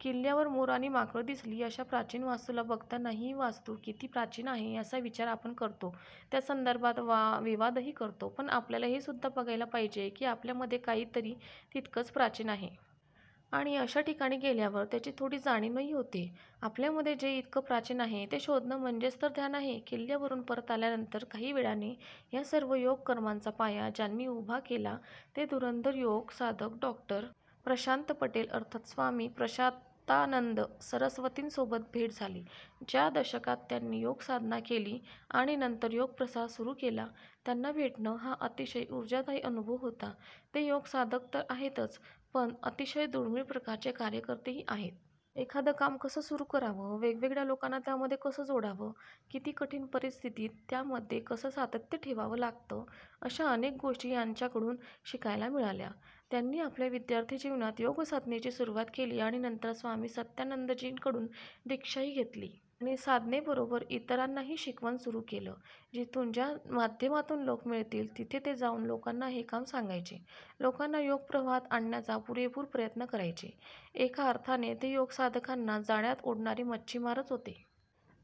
किल्ल्यावर मोर आणि माकडं दिसली. अशा प्राचीन वास्तूला बघताना ही वास्तू किती प्राचीन आहे, असा विचार आपण करतो; त्यासंदर्भात विवादही करतो. पण आपल्याला हेसुद्धा बघायला पाहिजे की, आपल्यामध्येही काही तरी तितकंच प्राचीन आहे. आणि अशा ठिकाणी गेल्यावर त्याची थोडी जाणीवही होते. आपल्यामध्ये जे इतकं प्राचीन आहे, ते शोधणं म्हणजेच तर ध्यान आहे! किल्ल्यावरून परत आल्यानंतर काही वेळाने ह्या सर्व योग कार्याचा पाया ज्यांनी उभा केला ते धुरंधर योग साधक डॉ. प्रशांत पटेल अर्थात् स्वामी प्रशांतानंद सरस्वतींसोबत भेट झाली. च्या दशकात त्यांनी योग साधना केली आणि नंतर योग प्रसार सुरू केला. त्यांना भेटणं हा अतिशय ऊर्जादायी अनुभव होता. ते योग साधक तर आहेतच, पण अतिशय दुर्मिळ प्रकारचे कार्यकर्तेही आहेत. एखादं काम कसं सुरू करावं, वेगवेगळ्या लोकांना त्यामध्ये कसं जोडावं, किती कठीण परिस्थितीत त्यामध्ये कसं सातत्य ठेवावं लागतं, अशा अनेक गोष्टी त्यांह्याकडून शिकायला मिळाल्या. त्यांनी आपल्या विद्यार्थी जीवनात योग साधनेची सुरुवात केली आणि नंतर स्वामी सत्यानंदजींकडून दीक्षाही घेतली. आणि साधनेबरोबरच इतरांनाही शिकवणं सुरू केलं. जिथून, ज्या माध्यमातून लोक मिळतील, तिथे ते जाऊन लोकांना हे काम सांगायचे, लोकांना योग- प्रवाहात आणण्याचा पुरेपूर प्रयत्न करायचे. एका अर्थाने ते योग- साधकांना जाळ्यात ओढणारे मच्छीमारच होते!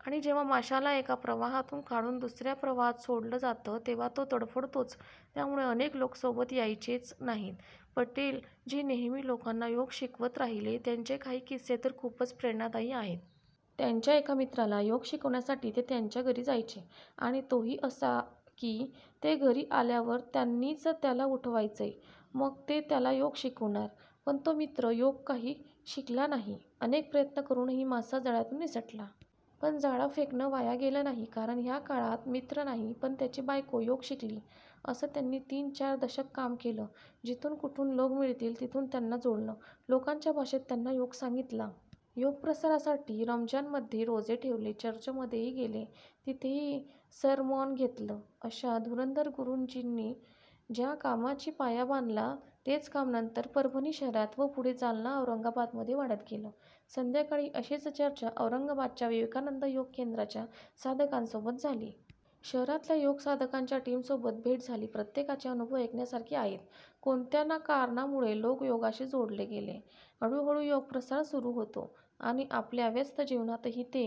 आणि जेव्हा माशाला एका प्रवाहातून काढून दुस-या प्रवाहात सोडलं जातं, तेव्हा तो तडफडतोच! त्यामुळे अनेक लोक सोबत यायचेही नाहीत. पटेल जी नेहमी लोकांना योग शिकवत राहिले. त्यांचे काही किस्से तर खूपच प्रेरणादायी आहेत. त्यांच्या एका मित्राला योग शिकवण्यासाठी ते त्याच्या घरी जायचे. आणि तोही असा की, ते घरी आल्यावर त्यांनीच त्याला उठवायचं. मग ते त्याला योग शिकवणार. पण तो मित्र योग काही शिकला नाही! अनेक प्रयत्न करूनही मासा जाळ्यातून निसटला. पण जाळं फेकणं वाया गेलं नाही, कारण ह्या काळात मित्र नाही, पण त्याची बायको योग शिकली! असं त्यांनी तीन- चार दशक काम केलं. जिथून कुठून लोक मिळतील, तिथून त्यांना जोडलं. लोकांच्या भाषेत त्यांना योग सांगितला. योग प्रसारासाठी रमज़ानमध्ये रोजे ठेवले, चर्चमध्येही गेले; तिथेही सरमॉन घेतलं! अशा धुरंधर गुरूंनी ज्या कामाचा पाया बांधला, तेच काम नंतर परभणी शहरात व पुढे जालना- औरंगाबादमध्ये वाढत गेलं! संध्याकाळी अशीच चर्चा औरंगाबादच्या विवेकानंद योग केंद्राच्या साधकांसोबत झाली. शहरातल्या योग साधकांच्या टीमसोबत भेट झाली. प्रत्येकाचे अनुभव ऐकण्यासारखे आहेत. कोणत्या ना कारणामुळे लोक योगाशी जोडले जातात. हळु हळु योग प्रसार सुरू होतो. आणि आपल्या व्यस्त जीवनातही ते